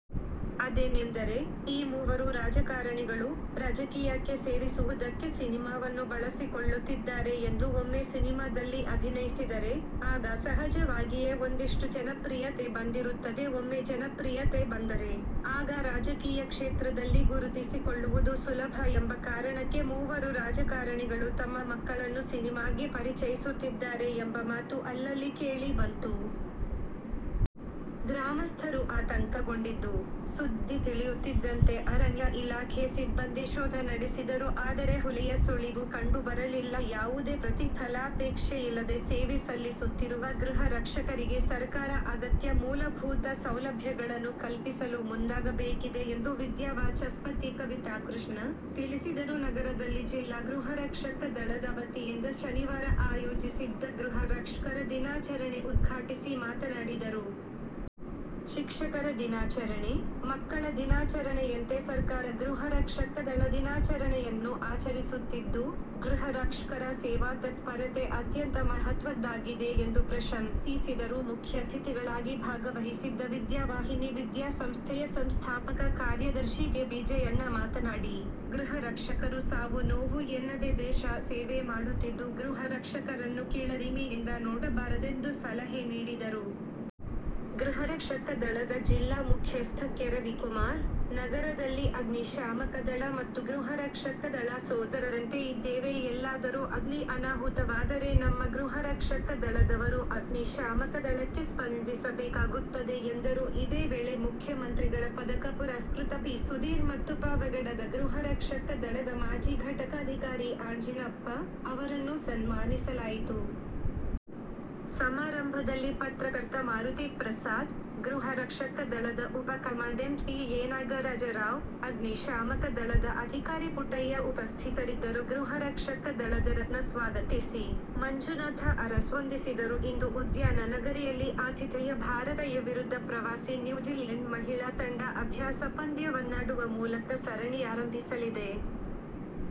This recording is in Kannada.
ಅದೇನೆಂದರೆ, ಈ ಮೂವರೂ ರಾಜಕಾರಣಿಗಳು, ರಾಜಕೀಯಕ್ಕೆ ಸೇರಿಸುವುದಕ್ಕೆ ಸಿನಿಮಾವನ್ನು ಬಳಸಿಕೊಳ್ಳುತ್ತಿದ್ದಾರೆ ಎಂದು. ಒಮ್ಮೆ ಸಿನಿಮಾದಲ್ಲಿ ಅಭಿನಯಿಸಿದರೆ, ಆಗ ಸಹಜವಾಗಿಯೇ ಒಂದಿಷ್ಟು ಜನಪ್ರಿಯತೆ ಬಂದಿರುತ್ತದೆ. ಒಮ್ಮೆ ಜನಪ್ರಿಯತೆ ಬಂದರೆ, ಆಗ ರಾಜಕೀಯ ಕ್ಷೇತ್ರದಲ್ಲಿ ಗುರುತಿಸಿಕೊಳ್ಳುವುದು ಸುಲಭ ಎಂಬ ಕಾರಣಕ್ಕೆ ಮೂವರು ರಾಜಕಾರಣಿಗಳು ತಮ್ಮ ಮಕ್ಕಳನ್ನು ಸಿನಿಮಾಗೆ ಪರಿಚಯಿಸುತ್ತಿದ್ದಾರೆ ಎಂಬ ಮಾತು ಅಲ್ಲಲ್ಲಿ ಕೇಳಿ ಬಂತು. ಗ್ರಾಮಸ್ಥರು ಆತಂಕಗೊಂಡಿದ್ದು, ಸುದ್ದಿ ತಿಳಿಯುತ್ತಿದ್ದಂತೆ ಅರಣ್ಯ ಇಲಾಖೆ ಸಿಬ್ಬಂದಿ ಶೋಧ ನಡೆಸಿದರು. ಆದರೆ ಹುಲಿಯ ಸುಳಿವು ಕಂಡು ಬರಲಿಲ್ಲ. ಯಾವುದೇ ಪ್ರತಿಫಲಾಪೇಕ್ಷೆ ಇಲ್ಲದೆ ಸೇವೆ ಸಲ್ಲಿಸುತ್ತಿರುವ ಗೃಹ ರಕ್ಷಕರಿಗೆ ಸರ್ಕಾರ ಅಗತ್ಯ ಮೂಲಭೂತ ಸೌಲಭ್ಯಗಳನ್ನು ಕಲ್ಪಿಸಲು ಮುಂದಾಗಬೇಕಿದೆ ಎಂದು ವಿದ್ಯಾವಾಚಸ್ಪತಿ ಕವಿತಾಕೃಷ್ಣ ತಿಳಿಸಿದರು. ನಗರದಲ್ಲಿ ಜಿಲ್ಲಾಗೃಹರಕ್ಷಕ ದಳದ ವತಿಯಿಂದ ಶನಿವಾರ ಆಯೋಜಿಸಿದ್ದ ಗೃಹ ರಕ್ಷಕರ ದಿನಾಚರಣೆ ಉದ್ಘಾಟಿಸಿ ಮಾತನಾಡಿದರು. ಶಿಕ್ಷಕರ ದಿನಾಚರಣೆ, ಮಕ್ಕಳ ದಿನಾಚರಣೆಯಂತೆ ಸರ್ಕಾರ ಗೃಹರಕ್ಷಕ ದಳದಿನಾಚರಣೆಯನ್ನು ಆಚರಿಸುತ್ತಿದ್ದು, ಗೃಹ ರಕ್ಷಕರ ಸೇವಾ ತತ್ಪರತೆ ಅತ್ಯಂತ ಮಹತ್ವದ್ದಾಗಿದೆ ಎಂದು ಪ್ರಶಂಸಿಸಿದರು. ಮುಖ್ಯಅತಿಥಿಗಳಾಗಿ ಭಾಗವಹಿಸಿದ್ದ ವಿದ್ಯಾವಾಹಿನಿ ವಿದ್ಯಾಸಂಸ್ಥೆಯ ಸಂಸ್ಥಾಪಕ ಕಾರ್ಯದರ್ಶಿ ಕೆ. ಬಿ. ಜಯಣ್ಣ ಮಾತನಾಡಿ, ಗೃಹ ರಕ್ಷಕರು ಸಾವು-ನೋವು ಎನ್ನದೇ ದೇಶ ಸೇವೆ ಮಾಡುತ್ತಿದ್ದು ಗೃಹರಕ್ಷಕರನ್ನು ಕೀಳರಿಮೆಯಿಂದ ನೋಡಬಾರದೆಂದು ಸಲಹೆ ನೀಡಿದರು. ಗೃಹರಕ್ಷಕ ದಳದ ಜಿಲ್ಲಾ ಮುಖ್ಯಸ್ಥ ಕೆ. ರವಿಕುಮಾರ್, ನಗರದಲ್ಲಿ ಅಗ್ನಿಶಾಮಕ ದಳ ಮತ್ತು ಗೃಹರಕ್ಷಕ ದಳ ಸೋದರರಂತೆ ಇದ್ದೇವೆ. ಎಲ್ಲಾದರೂ ಅಗ್ನಿ ಅನಾಹುತವಾದರೆ ನಮ್ಮ ಗೃಹರಕ್ಷಕ ದಳದವರು ಅಗ್ನಿಶಾಮಕ ದಳಕ್ಕೆ ಸ್ಪಂದಿಸಬೇಕಾಗುತ್ತದೆ ಎಂದರು. ಇದೇ ವೇಳೆ ಮುಖ್ಯಮಂತ್ರಿಗಳ ಪದಕ ಪುರಸ್ಕೃತ ಪಿ. ಸುಧೀರ್ ಮತ್ತು ಪಾವಗಡದ ಗೃಹರಕ್ಷಕ ದಳದ ಮಾಜಿ ಘಟಕಾಧಿಕಾರಿ ಆಂಜಿನಪ್ಪ ಅವರನ್ನು ಸನ್ಮಾನಿಸಲಾಯಿತು. ಸಮಾರಂಭದಲ್ಲಿ ಪತ್ರಕರ್ತ ಮಾರುತಿಪ್ರಸಾದ್, ಗೃಹರಕ್ಷಕ ದಳದ ಉಪ ಕಮಾಂಡೆಂಟ್ ಪಿ. ಎ. ನಾಗರಾಜರಾವ್, ಅಗ್ನಿಶಾಮಕ ದಳದ ಅಧಿಕಾರಿ ಪುಟ್ಟಯ್ಯ ಉಪಸ್ಥಿತರಿದ್ದರು. ಗೃಹರಕ್ಷಕ ದಳದ ರತ್ನ ಸ್ವಾಗತಿಸಿ, ಮಂಜುನಾಥ ಅರಸ್ ವಂದಿಸಿದರು. ಇಂದು ಉದ್ಯಾನನಗರಿಯಲ್ಲಿ ಆತಿಥೇಯ ಭಾರತ ಎ' ವಿರುದ್ಧ ಪ್ರವಾಸಿ ನ್ಯೂಜಿಲೆಂಡ್ ಮಹಿಳಾ ತಂಡ ಅಭ್ಯಾಸ ಪಂದ್ಯವನ್ನಾಡುವ ಮೂಲಕ ಸರಣಿ ಆರಂಭಿಸಲಿದೆ.